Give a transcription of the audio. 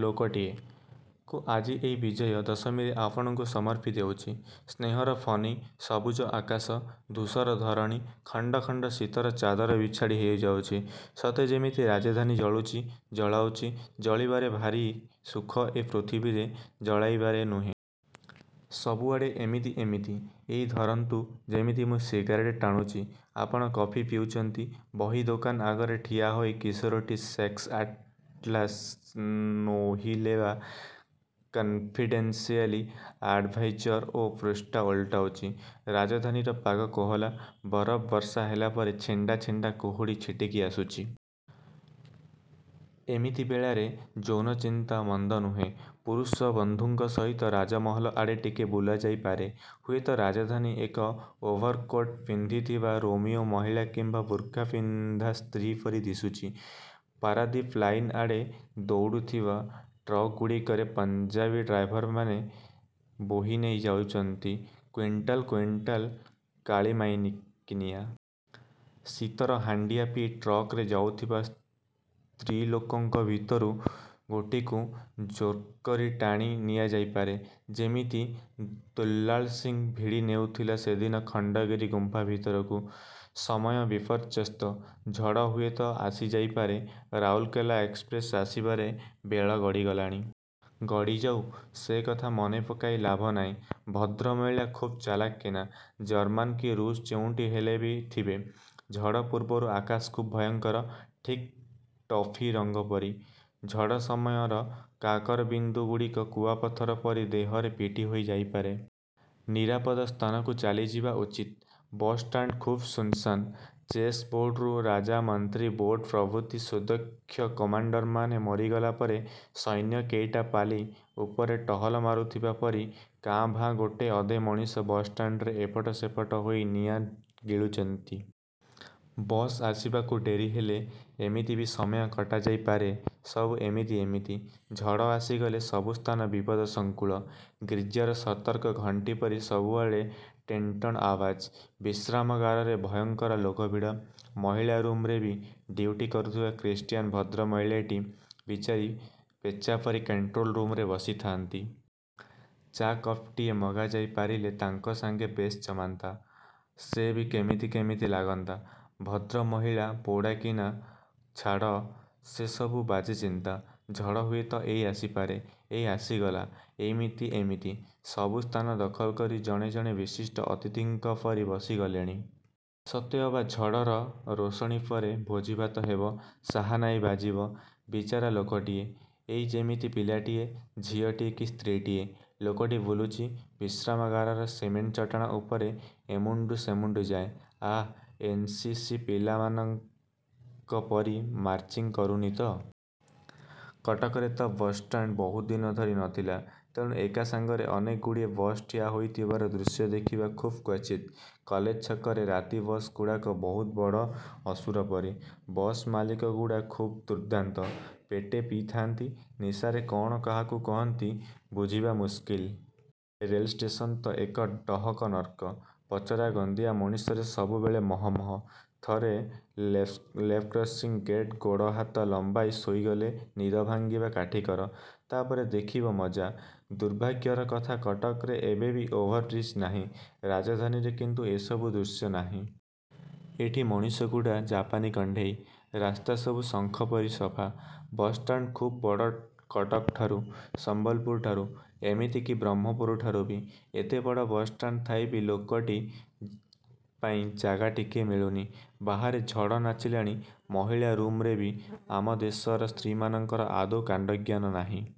''ଲୋକଟିଏ'' କୁ ଆଜିର ଏଇ ବିଜୟା ଦଶମୀରେ ଆପଣଙ୍କୁ ସମର୍ପି ଦେଉଛି। ସ୍ନେହର ଫନୀ,। ସବୁଜ ଆକାଶ, ଧୂସର ଧରଣୀ। ଖଣ୍ଡ ଖଣ୍ଡ ଶୀତର ଚାଦର ବିଛାଡ଼ି ହୋଇଯାଇଛି। ସତେ ଯେମିତି ରାଜଧାନୀ ଜଳୁଛି। ଜଳାଉଛି। ଜଳିବାରେ ଭାରି ସୁଖ ଏ ପୃଥିବୀରେ। ଜଳାଇବାରେ ନୁହେଁ। ସବୁଆଡ଼େ ଏମିତି ଏମିତି। ଏଇ ଧରନ୍ତୁ ଯେମିତି ମୁଁ ସିଗାରେଟ୍ ଟାଣୁଛି। ଆପଣ କଫି ପିଉଛନ୍ତି। ବହି ଦୋକାନ ଆଗରେ ଠିଆ ହୋଇ କିଶୋରୀଟି ସେକ୍ସ୍ ଆଟ୍ଲାସ୍ ନୋହିଲେବା 'କନ୍ଫିଡେନ୍ସିଆଲ୍ ଆଡ଼୍ଭାଇଜର୍'ର ପୃଷ୍ଠା ଓଲଟାଉଛି। ରାଜଧାନୀର ପାଗ କୋହଲା। ବରଫ ବର୍ଷା ହେଲାପରେ ଛିଣ୍ଡା ଛିଣ୍ଡା କୁହୁଡ଼ି ଛିଟିକି ଆସୁଛି। ଏମିତି ବେଳାରେ ଯୌନଚିନ୍ତା ମନ୍ଦନୁହେଁ। ପୁରୁଷ ବନ୍ଧୁଙ୍କ ସହିତ ରାଜମହଲ ଆଡ଼େ ଟିକିଏ ବୁଲାଯାଇ ପାରେ। ହୁଏତ ରାଜଧାନୀ ଏକ ଓଭରକୋଟ୍ ପିନ୍ଧିଥିବା ରୋମିଓ ମହିଳା କିମ୍ୱା ବୁର୍ଖା ପିନ୍ଧା ସ୍ତ୍ରୀ ପରି ଦିଶୁଛି। ପାରାଦ୍ୱୀପ ଲାଇନ୍ ଆଡ଼େ ଦଉଡ଼ୁଥିବା ଟ୍ରକ୍ଗୁଡ଼ିକରେ ପଞ୍ଜାବୀ ଡ୍ରାଇଭରମାନେ ବୋହିନେଇ ଯାଇଛନ୍ତି କୁଇଣ୍ଟାଲ୍ କୁଇଣ୍ଟାଲ୍ କାଳିମାଈକିନିଆ। ଶୀତର ହାଣ୍ଡିଆ ପିଇ ଟ୍ରକରେ ଯାଉଥିବା ସ୍ତ୍ରଲୋକଙ୍କ ଭିତରୁ ଗୋଟିକୁ ଜୋର୍କରି ଟାଣି ନିଆ ଯାଇପାରେ। ଯେମିତି ଦୁଲାଳ୍ ସିଂ ଭିଡ଼ି ନେଉଥିଲା ସେଦିନ ଖଣ୍ଡଗିରି ଗୁମ୍ଫା ଭିତରକୁ। ସମୟ ବିପର୍ଯ୍ୟସ୍ତ। ଝଡ଼ ହୁଏତ ଆସିଯାଇ ପାରେ! ରାଉରକେଲା ଏକ୍ସପ୍ରେସ୍ ଆସିବାରେ ବେଳ ଗଡ଼ି ଗଲାଣି। ଗଡ଼ିଯାଉ। ସେ କଥା ମନେ ପକାଇ ଲାଭ ନାହିଁ। ଭଦ୍ରମହିଳା ଖୁବ୍ ଚାଲାଖ କିନା। ଜର୍ମାନ୍ କି ରୁଷ୍ ଯେଉଁଠି ହେଲେ ଥିବେ।। ଝଡ଼ ପୂର୍ବରୁ ଆକାଶ ଖୁବ୍ ଭୟଙ୍କର। ଠିକ୍ ଟଫି ରଙ୍ଗ ପରି। ଝଡ଼ ସମୟର କାକର ବିନ୍ଦୁଗୁଡ଼ିକ କୁଆପଥର ପରି ଦେହରେ ପିଟିହୋଇ ଯାଇପାରେ। ନିରାପଦ ସ୍ଥାନକୁ ଚାଲିଯିବା ଉଚିତ। ବସ୍ ଷ୍ଟାଣ୍ଡ ଖୁବ୍ ଶୂନଶାନ୍। ଚେସ୍ ବୋର୍ଡ଼ରୁ ରାଜା, ମନ୍ତ୍ରୀ, ବୋଟ୍ ପ୍ରଭୃତି ସୁଦକ୍ଷ କମାଣ୍ଡରମାନେ ମରିଗଲାପରେ ସୈନ୍ୟ କେଇଟା ପାଲି ଉପରେ ଟହଲ ମାରୁଥିବା ପରି, କାଁ ଭାଁ ଗୋଟେ ଅଧେ ମଣିଷ ବସ୍ ଷ୍ଟାଣ୍ଡରେ ଏପଟ ସେପଟ ହୋଇ ନିଆଁ ଗିଳୁଥାନ୍ତି। ବସ୍ ଆସିବାକୁ ଡେରିହେଲେ ଏମିତି ବି ସମୟ କଟାଯାଇ ପାରେ। ସବୁ ଏମିତି ଏମିତି। ଝଡ଼ ଆସିଗଲେ ସବୁସ୍ଥାନ ବିପଦ ଶଙ୍କୁଳ। ଗିର୍ଜାର ସତର୍କ ଘଣ୍ଟିପରି ସବୁଆଡ଼େ ଟିଣ୍ଟିଣ୍ ଆଓ୍ୱାଜ। ବିଶ୍ରାମ ଗାରରେ ଭୟଙ୍କର ଲୋକଭିଡ଼। ମହିଳା ରୁମରେ ବି। ଡିଉଟି କରୁଥିବା ଖ୍ରୀଷ୍ଟିୟାନ୍ ଭଦ୍ର ମହିଳାଟି ବିଚାରୀ ପେଚାପରି କଣ୍ଟ୍ରୋଲ୍ ରୁମରେ ବସିଥାନ୍ତି। ଚା' କପ୍ଟିଏ ମଗାଯାଇ ପାରିଲେ ତାଙ୍କ ସାଙ୍ଗେ ବେଶ୍ ଜମନ୍ତା। ସେ ବି କେମିତି କେମିତି ଲାଗନ୍ତା। ଭଦ୍ରମହିଳା ପୌଢ଼ାକିନା! ଛାଡ଼, ସେ ସବୁ ବାଜେ ଚିନ୍ତା। ଝଡ଼ ହୁଏତ ଏଇ ଆସିପାରେ। ଏଇ ଆସିଗଲା। ଏମିତି ଏମିତି। ସବୁ ସ୍ଥାନ ଦଖଲ କରି ଜଣେ ଜଣେ ବିଶିଷ୍ଟ ଅତିଥିଙ୍କପରି ବସିଗଲେଣି। ସତେ ଅବା ଝଡ଼ର ରୋଷଣିପରେ ଭୋଜିଭାତ ହେବ। ସାହାନାଇ ବାଜିବ। ବିଚାରା ଲୋକଟିଏ: ଏଇ ଯେମିତି ପିଲାଟିଏ। ଝିଅଟିଏ କି ସ୍ତ୍ରୀ ଟିଏ। ଲୋକଟି ବୁଲୁଛି ବିଶ୍ରାମାଗାରର ସିମେଣ୍ଟ ଚଟାଣ ଉପରେ ଏମୁଣ୍ଡୁ ସେମୁଣ୍ଡୁ ଯାଏଁ। ଆହା, ଏନ୍. ସି. ସି. ପିଲାଙ୍କ ପରି ମାର୍ଚ୍ଚିଂ କରୁନି ତ? କଟକରେତ ବସ୍ଷ୍ଟାଣ୍ଡ ବହୁଦିନ ଧରି ନଥିଲା। ତେଣୁ ଏକା ସାଙ୍ଗରେ ଅନେକଗୁଡ଼ିଏ ବସ୍ ଠିଆ ହୋଇଥିବାର ଦୃଶ୍ୟ ଦେଖିବା ଖୁବ୍ କ୍ୱଚିତ୍। କଲେଜ ଛକରେ ରାତିବସ୍ଗୁଡ଼ା ବହୁତ ବଡ଼। ଅସୁର ପରି। ବସ୍ ମାଲିକଗୁଡ଼ା ଖୁବ୍ ଦୁର୍ଦ୍ଦାନ୍ତ। ପେଟେ ପିଇଥାନ୍ତି। ନିଶାରେ କ'ଣ କାହାକୁ କହନ୍ତି ବୁଝିବା ମୁସ୍କିଲ୍। ରେଲଷ୍ଟେସନ ତ ଏକ ଡହକ ନର୍କ। ପଚରା ଗନ୍ଧିଆ ମଣିଷରେ ସବୁବେଳେ ମହମହ-। ଥରେ ଲେବଲ୍କ୍ରସିଂ ଗେଟ୍ ଗୋଡ଼ ହାତ ଲମ୍ବାଇ ଶୋଇଗଲେ ନିଦ ଭାଙ୍ଗିବା କାଠିକର-। ତା'ପରେ ଦେଖିବ ମଜା! ଦୁର୍ଭାଗ୍ୟର କଥା କଟକରେ ଏବେ ବି ଓଭର୍ବ୍ରିଜ ନାହିଁ। ରାଜଧାନୀରେ କିନ୍ତୁ ଏସବୁ ଦୃଶ୍ୟନାହିଁ। ଏଠି ମଣିଷଗୁଡ଼ା ଜାପାନୀ କଣ୍ଢେଇ। ରାସ୍ତାସବୁ ଶଙ୍ଖପରି ସଫା। ବସ୍ଷ୍ଟାଣ୍ଡ ଖୁବ୍ ବଡ଼ କଟକଠାରୁ; ସମ୍ବଲପୁରଠାରୁ; ଏମିତିକି ବ୍ରହ୍ମପୁରଠାରୁ ବି। ଏତେବଡ଼ ବସ୍ଷ୍ଟାଣ୍ଡ ଥାଇ ବି ଲୋକଟି ପାଇଁ ଜାଗା ଟିକିଏ ମିଳୁନି। ବାହାରେ ଝଡ଼ ନାଚିଲାଣି। ମହିଳା ରୁମରେ ବି। ଆମ ଦେଶର ସ୍ତ୍ରୀମାନଙ୍କର ଆଦୌ କାଣ୍ଡଜ୍ଞାନ ନାହିଁ।